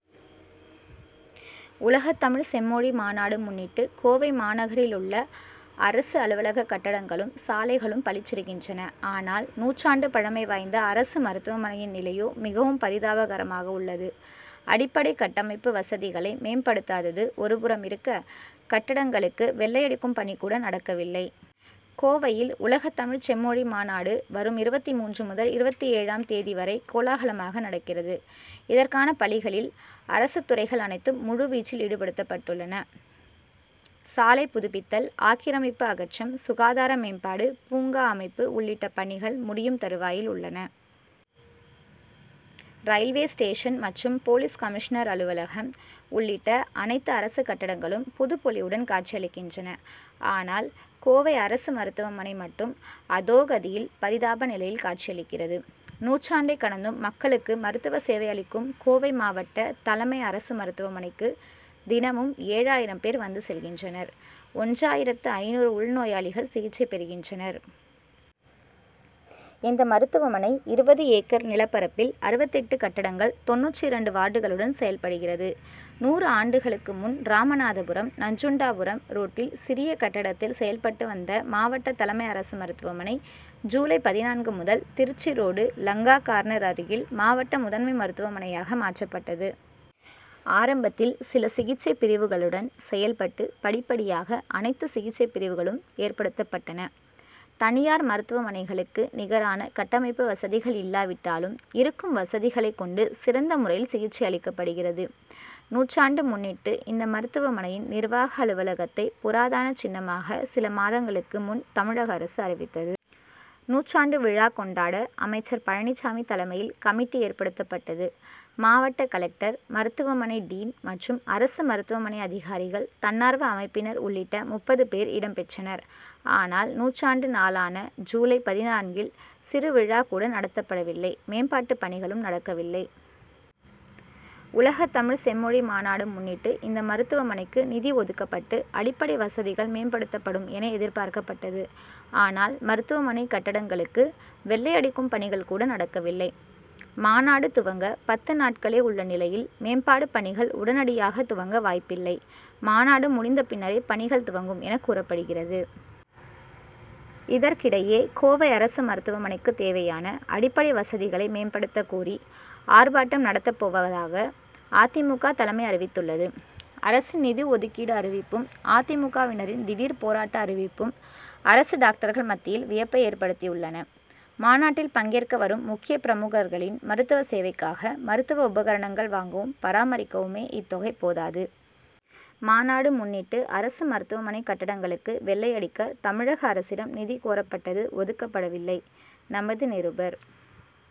! உலகத்தமிழ் செம்மொழி மாநாடு முன்னிட்டு கோவை மாநகரிலுள்ள அரசு அலுவலக கட்டடங்களும், சாலைகளும் பளிச்சிடுகின்றன. ஆனால், நூற்றாண்டு பழமை வாய்ந்த அரசு மருத்துவமனையின் நிலையோ மிகவும் பரிதாபகரமாக உள்ளது. அடிப்படை கட்டமைப்பு வசதிகளை மேம்படுத்தாதது ஒருபுறம் இருக்க, கட்டடங்களுக்கு வெள்ளையடிக்கும் பணி கூட நடக்கவில்லை. கோவையில், உலகத்தமிழ்ச் செம்மொழி மாநாடு வரும் இருபத்து மூன்று முதல் இருபத்தேழாம் தேதி வரை கோலாகலமாக நடக்கிறது. இதற்கான பணிகளில் அரசுத் துறைகள் அனைத்தும் முழுவீச்சில் ஈடுபடுத்தப்பட்டுள்ளன. சாலை புதுப்பித்தல், ஆக்கிரமிப்பு அகற்றம், சுகாதார மேம்பாடு, பூங்கா அமைப்பு உள்ளிட்ட பணிகள் முடியும் தருவாயில் உள்ளன. ரயில்வே ஸ்டேஷன் மற்றும் போலீஸ் கமிஷனர் அலுவலகம் உள்ளிட்ட அனைத்து அரசு கட்டடங்களும் புது பொலிவுடன் காட்சியளிக்கின்றன. ஆனால், கோவை அரசு மருத்துவமனை மட்டும் அதோ கதி'யில் பரிதாப நிலையில் காட்சியளிக்கிறது. நூற்றாண்டை கடந்தும் மக்களுக்கு மருத்துவ சேவை அளிக்கும் கோவை மாவட்ட தலைமை அரசு மருத்துவமனைக்கு தினமும் ஏழாயிரம் பேர் வந்து செல்கின்றனர் ஒன்றாயிரத்து ஐந்நூறு உள்நோயாளிகள் சிகிச்சை பெறுகின்றனர். இந்த மருத்துவமனை இருபது ஏக்கர் நிலப்பரப்பில் அறுபத்தெட்டு கட்டடங்கள், தொண்ணூற்று இரண்டு வார்டுகளுடன் செயல்படுகிறது. நூறு ஆண்டுகளுக்கு முன், ராமநாதபுரம் நஞ்சுண்டாபுரம் ரோட்டில் சிறிய கட்டடத்தில் செயல்பட்டு வந்த மாவட்ட தலைமை அரசு மருத்துவமனை, ஜூலை பதினான்கு முதல் திருச்சி ரோடு, லங்கா கார்னர் அருகில் மாவட்ட முதன்மை மருத்துவமனையாக மாற்றப்பட்டது. ஆரம்பத்தில் சில சிகிச்சைப்பிரிவுகளுடன் செயல்பட்டு படிப்படியாக அனைத்து சிகிச்சைப்பிரிவுகளும் ஏற்படுத்தப்பட்டன. தனியார் மருத்துவமனைகளுக்கு நிகரான கட்டமைப்பு வசதிகள் இல்லாவிட்டாலும், இருக்கும் வசதிகளை கொண்டு சிறந்த முறையில் சிகிச்சை அளிக்கப்படுகிறது. நூற்றாண்டு முன்னிட்டு, இந்த மருத்துவமனையின் நிர்வாக அலுவலகத்தை புராதன சின்னமாக சில மாதங்களுக்கு முன் தமிழக அரசு அறிவித்தது. நூற்றாண்டு விழா கொண் டாட அமைச்சர் பழனிசாமி தலைமையில் கமிட்டி ஏற்படுத்தப்பட்டது. மாவட்ட கலெக்டர், மருத்துவமனை டீன்' மற்றும் அரசு மருத்துவமனை அதிகாரிகள், தன்னார்வ அமைப்பினர் உள்ளிட்ட முப்பது பேர் இடம் பெற்றனர். ஆனால், நூற்றாண்டு நாளான ஜூலை பதினான்கு ல் சிறு விழா கூட நடத்தப்படவில்லை மேம்பாட்டு பணிகளும் நடக்கவில்லை. உலகத்தமிழ் செம்மொழி மாநாடு முன்னிட்டு இந்த மருத்துவமனைக்கு நிதி ஒதுக்கப்பட்டு, அடிப்படை வசதிகள் மேம்படுத்தப்படும் என எதிர்பார்க்கப்பட்டது. ஆனால், மருத்துவமனை கட்டடங்களுக்கு வெள் ளையடிக்கும் பணிகள் கூட நடக்கவில்லை. மாநாடு துவங்க பத்து நாட்களே உள்ள நிலையில் மேம்பாடு பணிகள் உடனடியாக துவங்க வாய்ப்பில்லை. மாநாடு முடிந்தபின்னரே பணிகள் துவங்கும் என கூறப்படுகிறது. இதற்கிடையே, கோவை அரசு மருத்துவமனைக்கு தேவையான அடிப்படை வசதிகளை மேம்படுத்தக்கோரி, ஆர்ப்பாட்டம் நடத்தப்போவதாக அ. தி. மு. க., தலைமை அறிவித்துள்ளது. அரசின் நிதி ஒதுக்கீடு அறிவிப்பும், அ. தி. மு. க.,வினரின் திடீர் போராட்ட அறிவிப்பும், அரசு டாக்டர்கள் மத்தியில் வியப்பை ஏற்படுத்தியுள்ளன. மாநாட்டில் பங்கேற்க வரும் முக்கிய பிரமுகர்களின் மருத்துவ சேவைக்காக மருத்துவ உபகரணங்கள் வாங்கவும், பராமரிக்கவுமே இத்தொகை போதாது. மாநாடு முன்னிட்டு அரசு மருத்துவமனை கட்டடங்களுக்கு வெள்ளையடிக்க தமிழக அரசிடம் நிதி கோரப்பட்டது ஒதுக்கப்படவில்லை. நமது நிருபர் -